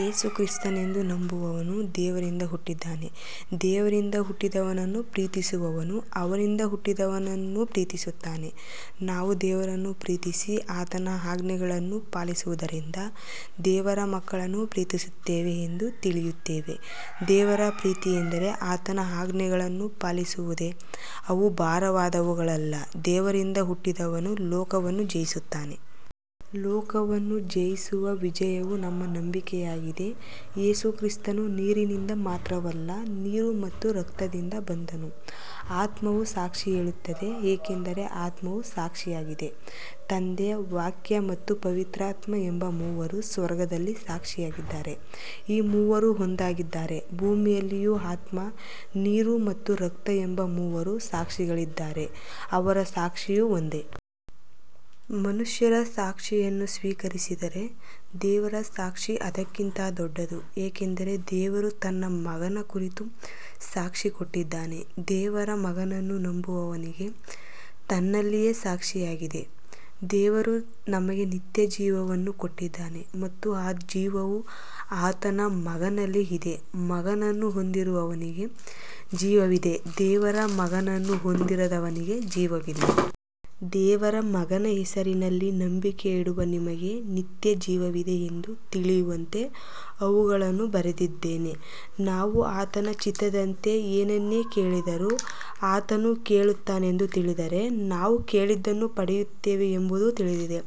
ಯೇಸು ಕ್ರಿಸ್ತನೆಂದು ನಂಬುವವನು ದೇವರಿಂದ ಹುಟ್ಟಿದ್ದಾನೆ. ದೇವರಿಂದ ಹುಟ್ಟಿದವನನ್ನು ಪ್ರೀತಿಸುವವನು ಅವನಿಂದ ಹುಟ್ಟಿದವನನ್ನೂ ಪ್ರೀತಿಸುತ್ತಾನೆ. ನಾವು ದೇವರನ್ನು ಪ್ರೀತಿಸಿ ಆತನ ಆಜ್ಞೆಗಳನ್ನು ಪಾಲಿಸುವುದರಿಂದ ದೇವರ ಮಕ್ಕಳನ್ನು ಪ್ರೀತಿಸುತ್ತೇವೆ ಎಂದು ತಿಳಿಯುತ್ತೇವೆ. ದೇವರ ಪ್ರೀತಿಯೆಂದರೆ ಆತನ ಆಜ್ಞೆಗಳನ್ನು ಪಾಲಿಸುವುದೇ, ಅವು ಭಾರವಾದವುಗಳಲ್ಲ. ದೇವರಿಂದ ಹುಟ್ಟಿದವನು ಲೋಕವನ್ನು ಜಯಿಸುತ್ತಾನೆ. ಲೋಕವನ್ನು ಜಯಿಸುವ ವಿಜಯವು ನಮ್ಮ ನಂಬಿಕೆಯಾಗಿದೆ. ಯೇಸು ಕ್ರಿಸ್ತನು ನೀರಿನಿಂದ ಮಾತ್ರವಲ್ಲ, ನೀರು ಮತ್ತು ರಕ್ತದಿಂದ ಬಂದನು. ಆತ್ಮವೂ ಸಾಕ್ಷಿ ಹೇಳುತ್ತದೆ, ಏಕೆಂದರೆ ಆತ್ಮವು ಸತ್ಯವಾಗಿದೆ. ತಂದೆ, ವಾಕ್ಯ ಮತ್ತು ಪವಿತ್ರಾತ್ಮ ಎಂಬ ಮೂವರು ಸ್ವರ್ಗದಲ್ಲಿ ಸಾಕ್ಷಿಯಾಗಿದ್ದಾರೆ, ಈ ಮೂವರು ಒಂದಾಗಿದ್ದಾರೆ. ಭೂಮಿಯಲ್ಲಿಯೂ ಆತ್ಮ, ನೀರು ಮತ್ತು ರಕ್ತ ಎಂಬ ಮೂವರು ಸಾಕ್ಷಿಗಳಿದ್ದಾರೆ, ಅವರ ಸಾಕ್ಷಿಯೂ ಒಂದೇ. ಮನುಷ್ಯರ ಸಾಕ್ಷಿಯನ್ನು ಸ್ವೀಕರಿಸಿದರೆ ದೇವರ ಸಾಕ್ಷಿ ಅದಕ್ಕಿಂತ ದೊಡ್ಡದು, ಏಕೆಂದರೆ ದೇವರು ತನ್ನ ಮಗನ ಕುರಿತು ಸಾಕ್ಷಿ ಕೊಟ್ಟಿದ್ದಾನೆ. ದೇವರ ಮಗನನ್ನು ನಂಬುವವನಿಗೆ ತನ್ನಲ್ಲಿಯೇ ಸಾಕ್ಷಿಯಿದೆ. ದೇವರು ನಮಗೆ ನಿತ್ಯಜೀವವನ್ನು ಕೊಟ್ಟಿದ್ದಾನೆ ಮತ್ತು ಆ ಜೀವವು ಆತನ ಮಗನಲ್ಲಿ ಇದೆ. ಮಗನನ್ನು ಹೊಂದಿರುವವನಿಗೆ ಜೀವವಿದೆ, ದೇವರ ಮಗನನ್ನು ಹೊಂದಿರದವನಿಗೆ ಜೀವವಿಲ್ಲ. ದೇವರ ಮಗನ ಹೆಸರಿನಲ್ಲಿ ನಂಬಿಕೆಯಿಡುವ ನಿಮಗೆ ನಿತ್ಯಜೀವವಿದೆ ಎಂದು ತಿಳಿಯುವಂತೆ ಇವುಗಳನ್ನು ಬರೆದಿದ್ದೇನೆ. ನಾವು ಆತನ ಚಿತ್ತದಂತೆ ಏನನ್ನೇ ಕೇಳಿದರೂ ಆತನು ಕೇಳುತ್ತಾನೆಂದು ತಿಳಿದರೆ, ನಾವು ಕೇಳಿದ್ದನ್ನು ಪಡೆಯುತ್ತೇವೆ ಎಂಬುದೂ ತಿಳಿದಿದೆ.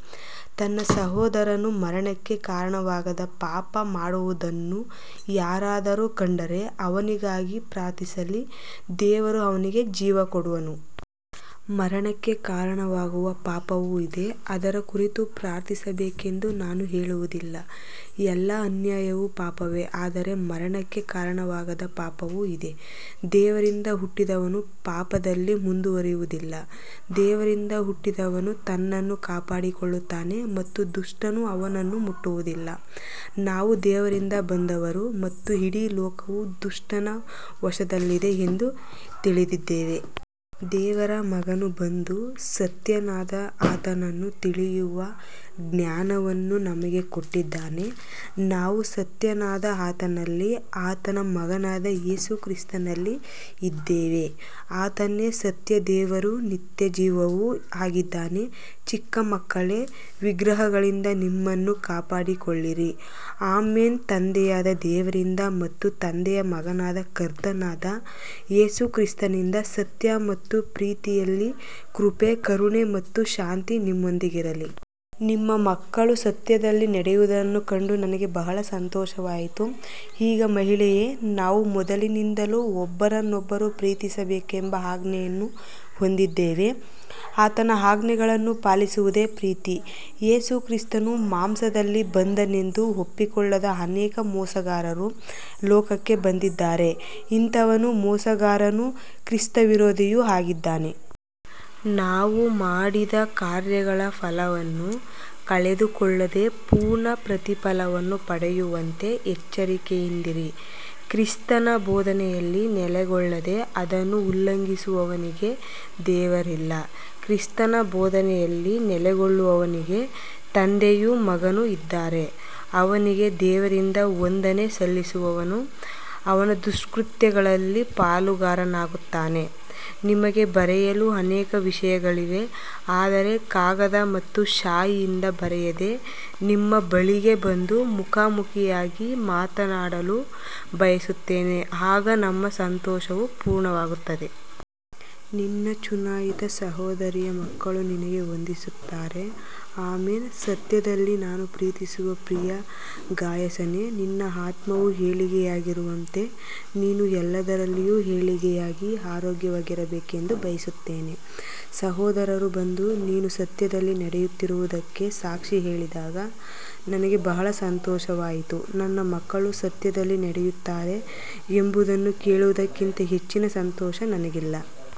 ತನ್ನ ಸಹೋದರನು ಮರಣಕ್ಕೆ ಕಾರಣವಾಗದ ಪಾಪ ಮಾಡುವುದನ್ನು ಯಾರಾದರೂ ಕಂಡರೆ ಅವನಿಗಾಗಿ ಪ್ರಾರ್ಥಿಸಲಿ, ದೇವರು ಅವನಿಗೆ ಜೀವ ಕೊಡುವನು. ಮರಣಕ್ಕೆ ಕಾರಣವಾಗುವ ಪಾಪವೂ ಇದೆ, ಅದರ ಕುರಿತು ಪ್ರಾರ್ಥಿಸಬೇಕೆಂದು ನಾನು ಹೇಳುವುದಿಲ್ಲ. ಎಲ್ಲಾ ಅನ್ಯಾಯವೂ ಪಾಪವೇ, ಆದರೆ ಮರಣಕ್ಕೆ ಕಾರಣವಾಗದ ಪಾಪವೂ ಇದೆ. ದೇವರಿಂದ ಹುಟ್ಟಿದವನು ಪಾಪದಲ್ಲಿ ಮುಂದುವರಿಯುವುದಿಲ್ಲ, ದೇವರಿಂದ ಹುಟ್ಟಿದವನು ತನ್ನನ್ನು ಕಾಪಾಡಿಕೊಳ್ಳುತ್ತಾನೆ ಮತ್ತು ದುಷ್ಟನು ಅವನನ್ನು ಮುಟ್ಟುವುದಿಲ್ಲ. ನಾವು ದೇವರಿಂದ ಬಂದವರು ಮತ್ತು ಇಡೀ ಲೋಕವು ದುಷ್ಟನ ವಶದಲ್ಲಿದೆ ಎಂದು ತಿಳಿದಿದ್ದೇವೆ. ದೇವರ ಮಗನು ಬಂದು ಸತ್ಯನಾದ ಆತನನ್ನು ತಿಳಿಯುವ ಜ್ಞಾನವನ್ನು ನಮಗೆ ಕೊಟ್ಟಿದ್ದಾನೆ. ನಾವು ಸತ್ಯನಾದ ಆತನಲ್ಲಿ, ಆತನ ಮಗನಾದ ಯೇಸು ಕ್ರಿಸ್ತನಲ್ಲಿ ಇದ್ದೇವೆ. ಆತನೇ ಸತ್ಯ ದೇವರೂ ನಿತ್ಯಜೀವವೂ ಆಗಿದ್ದಾನೆ. ಚಿಕ್ಕ ಮಕ್ಕಳೇ, ವಿಗ್ರಹಗಳಿಂದ ನಿಮ್ಮನ್ನು ಕಾಪಾಡಿಕೊಳ್ಳಿರಿ. ಆಮೆನ್. ತಂದೆಯಾದ ದೇವರಿಂದ ಮತ್ತು ತಂದೆಯ ಮಗನಾದ ಕರ್ತನಾದ ಯೇಸು ಕ್ರಿಸ್ತನಿಂದ ಸತ್ಯ ಮತ್ತು ಪ್ರೀತಿಯಲ್ಲಿ ಕೃಪೆ, ಕರುಣೆ ಮತ್ತು ಶಾಂತಿ ನಿಮ್ಮೊಂದಿಗಿರಲಿ. ನಿಮ್ಮ ಮಕ್ಕಳು ಸತ್ಯದಲ್ಲಿ ನಡೆಯುವುದನ್ನು ಕಂಡು ನನಗೆ ಬಹಳ ಸಂತೋಷವಾಯಿತು. ಈಗ ಮಹಿಳೆಯೇ, ನಾವು ಮೊದಲಿನಿಂದಲೂ ಒಬ್ಬರನ್ನೊಬ್ಬರು ಪ್ರೀತಿಸಬೇಕೆಂಬ ಆಜ್ಞೆಯನ್ನು ಹೊಂದಿದ್ದೇವೆ. ಆತನ ಆಜ್ಞೆಗಳನ್ನು ಪಾಲಿಸುವುದೇ ಪ್ರೀತಿ. ಯೇಸು ಕ್ರಿಸ್ತನು ಮಾಂಸದಲ್ಲಿ ಬಂದನೆಂದು ಒಪ್ಪಿಕೊಳ್ಳದ ಅನೇಕ ಮೋಸಗಾರರು ಲೋಕಕ್ಕೆ ಬಂದಿದ್ದಾರೆ. ಇಂಥವನು ಮೋಸಗಾರನೂ ಕ್ರಿಸ್ತವಿರೋಧಿಯೂ ಆಗಿದ್ದಾನೆ. ನಾವು ಮಾಡಿದ ಕಾರ್ಯಗಳ ಫಲವನ್ನು ಕಳೆದುಕೊಳ್ಳದೆ ಪೂರ್ಣ ಪ್ರತಿಫಲವನ್ನು ಪಡೆಯುವಂತೆ ಎಚ್ಚರಿಕೆಯಿಂದಿರಿ. ಕ್ರಿಸ್ತನ ಬೋಧನೆಯಲ್ಲಿ ನೆಲೆಗೊಳ್ಳದೆ ಅದನ್ನು ಉಲ್ಲಂಘಿಸುವವನಿಗೆ ದೇವರಿಲ್ಲ. ಕ್ರಿಸ್ತನ ಬೋಧನೆಯಲ್ಲಿ ನೆಲೆಗೊಳ್ಳುವವನಿಗೆ ತಂದೆಯೂ ಮಗನೂ ಇದ್ದಾರೆ. ಅವನಿಗೆ ದೇವರಿಂದ ವಂದನೆ ಸಲ್ಲಿಸುವವನು ಅವನ ದುಷ್ಕೃತ್ಯಗಳಲ್ಲಿ ಪಾಲುಗಾರನಾಗುತ್ತಾನೆ. ನಿಮಗೆ ಬರೆಯಲು ಅನೇಕ ವಿಷಯಗಳಿವೆ, ಆದರೆ ಕಾಗದ ಮತ್ತು ಶಾಯಿಯಿಂದ ಬರೆಯದೆ ನಿಮ್ಮ ಬಳಿಗೆ ಬಂದು ಮುಖಾಮುಖಿಯಾಗಿ ಮಾತನಾಡಲು ಬಯಸುತ್ತೇನೆ, ಆಗ ನಮ್ಮ ಸಂತೋಷವು ಪೂರ್ಣವಾಗುತ್ತದೆ. ನಿನ್ನ ಚುನಾಯಿತ ಸಹೋದರಿಯ ಮಕ್ಕಳು ನಿನಗೆ ವಂದಿಸುತ್ತಾರೆ. ಆಮೆನ್. ಸತ್ಯದಲ್ಲಿ ನಾನು ಪ್ರೀತಿಸುವ ಪ್ರಿಯ ಗಾಯಸನೇ, ನಿನ್ನ ಆತ್ಮವು ಏಳಿಗೆಯಾಗಿರುವಂತೆ ನೀನು ಎಲ್ಲದರಲ್ಲಿಯೂ ಏಳಿಗೆಯಾಗಿ ಆರೋಗ್ಯವಾಗಿರಬೇಕೆಂದು ಬಯಸುತ್ತೇನೆ. ಸಹೋದರರು ಬಂದು ನೀನು ಸತ್ಯದಲ್ಲಿ ನಡೆಯುತ್ತಿರುವುದಕ್ಕೆ ಸಾಕ್ಷಿ ಹೇಳಿದಾಗ ನನಗೆ ಬಹಳ ಸಂತೋಷವಾಯಿತು. ನನ್ನ ಮಕ್ಕಳು ಸತ್ಯದಲ್ಲಿ ನಡೆಯುತ್ತಾರೆ ಎಂಬುದನ್ನು ಕೇಳುವುದಕ್ಕಿಂತ ಹೆಚ್ಚಿನ ಸಂತೋಷ ನನಗಿಲ್ಲ.